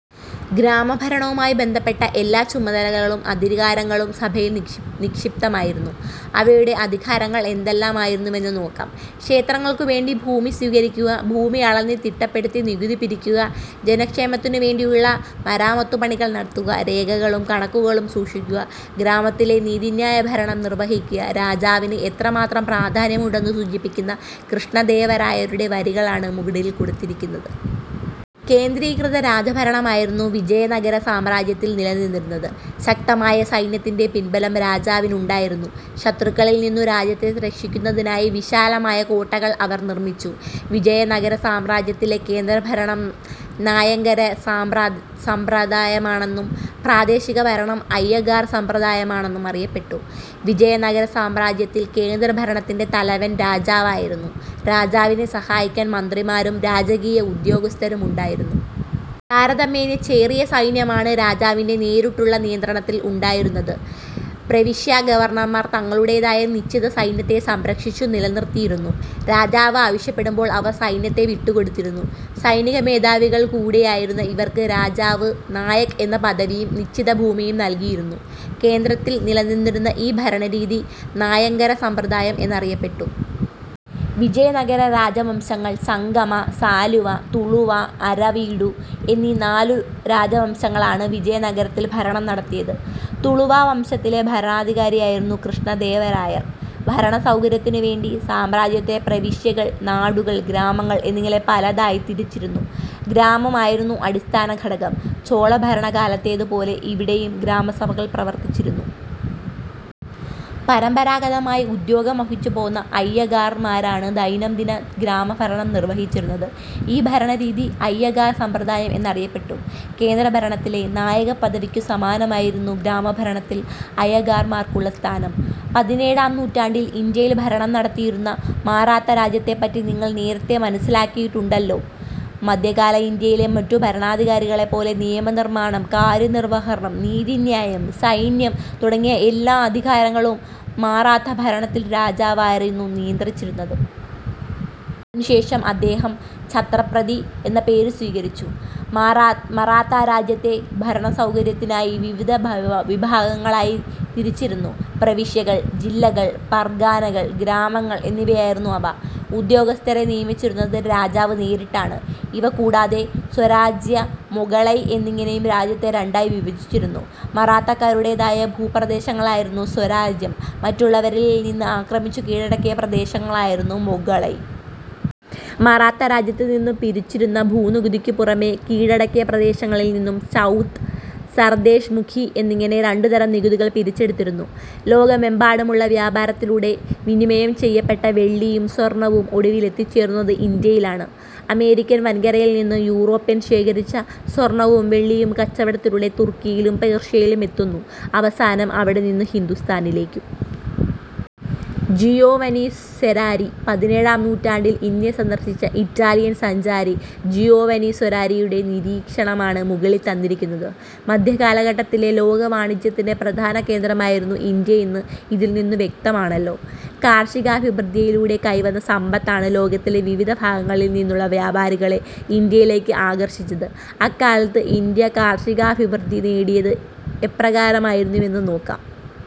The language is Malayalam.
ഗ്രാമഭരണവുമായി ബന്ധപ്പെട്ട എല്ലാ ചുമതലകളും അധികാരങ്ങളും സഭയിൽ നിക്ഷി നിക്ഷിപ്തമായിരുന്നു. അവയുടെ അധികാരങ്ങൾ എന്തെല്ലാമായിരുന്നുവെന്ന് നോക്കാം. ക്ഷേത്രങ്ങൾക്കുവേണ്ടി ഭൂമി സ്വീകരിക്കുക. ഭൂമി അളന്നുതിട്ടപ്പെടുത്തി നികുതി പിരിക്കുക. ജനക്ഷേമത്തിനുവേണ്ടിയുള്ള മരാമത്തുപണികൾ നടത്തുക. രേഖകളും കണക്കുകളും സൂക്ഷിക്കുക. ഗ്രാമത്തിലെ നീതിന്യായഭരണം നിർവഹിക്കുക. രാജാവിന് എത്രമാത്രം പ്രാധാന്യമുണ്ടെന്ന് സൂചിപ്പിക്കുന്ന കൃഷ്ണദേവരായരുടെ വരികളാണ് മുകളിൽ കൊടുത്തിരിക്കുന്നത്. കേന്ദ്രീകൃത രാജഭരണമായിരുന്നു വിജയനഗരസാമ്രാജ്യത്തിൽ നിലനിന്നിരുന്നത്. ശക്തമായ സൈന്യത്തിന്റെ പിൻബലം രാജാവിനുണ്ടായിരുന്നു. ശത്രുക്കളിൽ നിന്നു രാജ്യത്തെ രക്ഷിക്കുന്നതിനായി വിശാലമായ കോട്ടകൾ അവർ നിർമിച്ചു. വിജയ നഗരസാമ്രാജ്യത്തിലെ കേന്ദ്രഭരണം നായങ്കര സമ്പ്രദായമെന്നും പ്രാദേശികഭരണം അയ്യഗാർ സമ്പ്രദായമെന്നും അറിയപ്പെട്ടു. വിജയനഗരസാമ്രാജ്യത്തിൽ കേന്ദ്രഭരണത്തിന്റെ തലവൻ രാജാവായിരുന്നു. രാജാവിനെ സഹായിക്കാൻ മന്ത്രിമാരും രാജകീയ ഉദ്യോഗസ്ഥരും ഉണ്ടായിരുന്നു. താരതമ്യേന ചെറിയ സൈന്യമാണ് രാജാവിന്റെ നേരിട്ടുള്ള നിയന്ത്രണത്തിൽ ഉണ്ടായിരുന്നത്. പ്രവിശ്യാ ഗവർണർമാർ തങ്ങളുടേതായ നിശ്ചിത സൈന്യത്തെ സംരക്ഷിച്ചു നിലനിർത്തിയിരുന്നു. രാജാവ് ആവശ്യപ്പെടുമ്പോൾ അവർ സൈന്യത്തെ വിട്ടുകൊടുത്തിരുന്നു. സൈനികമേധാവികൾ കൂടിയായിരുന്ന ഇവർക്ക് രാജാവ് നായക് എന്ന പദവിയും നിശ്ചിത ഭൂമിയും നൽകിയിരുന്നു. കേന്ദ്രത്തിൽ നിലനിന്നിരുന്ന ഈ ഭരണരീതി നായങ്കര സമ്പ്രദായം എന്നറിയപ്പെട്ടു. വിജയനഗര രാജവംശങ്ങൾ: സംഗമ, സാലുവ, തുളുവ, അരവീഡു എന്നീ നാലു രാജവംശങ്ങളാണ് വിജയനഗരത്തിൽ ഭരണം നടത്തിയത്. തുളുവ വംശത്തിലെ ഭരണാധികാരിയായിരുന്നു കൃഷ്ണദേവരായർ. ഭരണസൗകര്യത്തിനു വേണ്ടി സാമ്രാജ്യത്തെ പ്രവിശ്യകൾ, നാടുകൾ, ഗ്രാമങ്ങൾ എന്നിങ്ങനെ പലതായി തിരിച്ചിരുന്നു. ഗ്രാമം ആയിരുന്നു അടിസ്ഥാന ഘടകം. ചോളഭരണകാലത്തേതു പോലെ ഇവിടെയും ഗ്രാമസഭകൾ പ്രവർത്തിച്ചിരുന്നു. പരമ്പരാഗതമായി ഉദ്യോഗം വഹിച്ചുപോന്ന അയ്യഗാർമാരാണ് ദൈനം ദിന ഗ്രാമഭരണം നിർവഹിച്ചിരുന്നത്. ഈ ഭരണരീതി അയ്യഗാർ സമ്പ്രദായം എന്നറിയപ്പെട്ടു. കേന്ദ്രഭരണത്തിലെ നായക പദവിക്കു സമാനമായിരുന്നു ഗ്രാമഭരണത്തിൽ അയ്യഗാർമാർക്കുള്ള സ്ഥാനം. പതിനേഴാം നൂറ്റാണ്ടിൽ ഇന്ത്യയിൽ ഭരണം നടത്തിയിരുന്ന മറാത്തരാജ്യത്തെപ്പറ്റി നിങ്ങൾ നേരത്തേ മനസ്സിലാക്കിയിട്ടുണ്ടല്ലോ. മധ്യകാല ഇന്ത്യയിലെ മറ്റു ഭരണാധികാരികളെപ്പോലെ നിയമനിർമാണം, കാര്യനിർവഹണം, നീതിന്യായം, സൈന്യം തുടങ്ങിയ എല്ലാ അധികാരങ്ങളും മറാത്ത ഭരണത്തിൽ രാജാവായിരുന്നു നിയന്ത്രിച്ചിരുന്നത്. അതിനു ശേഷം അദ്ദേഹം ഛത്രപതി എന്ന പേരു സ്വീകരിച്ചു. മറാത്ത രാജ്യത്തെ ഭരണസൗകര്യത്തിനായി വിവിധ വിഭാഗങ്ങളായി തിരിച്ചിരുന്നു. പ്രവിശ്യകൾ, ജില്ലകൾ, പർഗാനകൾ, ഗ്രാമങ്ങൾ എന്നിവയായിരുന്നു അവ. ഉദ്യോഗസ്ഥരെ നിയമിച്ചിരുന്നത് രാജാവ് നേരിട്ടാണ്. ഇവ കൂടാതെ സ്വരാജ്യ, മൊഗളൈ എന്നിങ്ങനെയും രാജ്യത്തെ രണ്ടായി വിഭജിച്ചിരുന്നു. മറാത്തക്കാരുടേതായ ഭൂപ്രദേശങ്ങളായിരുന്നു സ്വരാജ്യം, മറ്റുള്ളവരിൽനിന്ന് ആക്രമിച്ചു കീഴടക്കിയ പ്രദേശങ്ങളാണു മൊഗളൈ. മറാത്തരാജ്യത്തുനിന്നു പിരിച്ചിരുന്ന ഭൂനികുതിക്ക് പുറമെ കീഴടക്കിയ പ്രദേശങ്ങളിൽ നിന്നും ചൗത്, സർദേശ്മുഖി എന്നിങ്ങനെ രണ്ടുതരം നികുതികൾ പിരിച്ചെടുത്തിരുന്നു. ലോകമെമ്പാടുമുള്ള വ്യാപാരത്തിലൂടെ വിനിമയം ചെയ്യപ്പെട്ട വെള്ളിയും സ്വർണവും ഒടുവിൽ എത്തിച്ചേരുന്നത് ഇന്ത്യയിലാണ്. അമേരിക്കൻ വൻകരയിൽനിന്ന് യൂറോപ്വർ ശേഖരിച്ച സ്വർണവും വെള്ളിയും കച്ചവടത്തിലൂടെ തുർക്കിയിലും പേർഷ്യയിലും എത്തുന്നു. അവസാനം അവിടെനിന്ന് ഹിന്ദുസ്ഥാനിലേക്കും. ജിയോവനി സെരാരി. പതിനേഴാം നൂറ്റാണ്ടിൽ ഇന്ത്യ സന്ദർശിച്ച ഇറ്റാലിയൻ സഞ്ചാരി ജിയോവനി സെരാരിയുടെ നിരീക്ഷണമാണ് മുകളിൽ തന്നിരിക്കുന്നത്. മധ്യകാലഘട്ടത്തിലെ ലോകവാണിജ്യത്തിന്റെ പ്രധാന കേന്ദ്രമായിരുന്നു ഇന്ത്യയെന്ന് ഇതിൽനിന്നു വ്യക്തമാണല്ലോ. കാർഷികാഭിവൃദ്ധിയിലൂടെ കൈവന്ന സമ്പത്താണ് ലോകത്തിലെ വിവിധ ഭാഗങ്ങളിൽനിന്നുള്ള വ്യാപാരികളെ ഇന്ത്യയിലേക്ക് ആകർഷിച്ചത്. അക്കാലത്ത് ഇന്ത്യ കാർഷികാഭിവൃദ്ധി നേടിയത് എപ്രകാരമായിരുന്നുവെന്ന് നോക്കാം.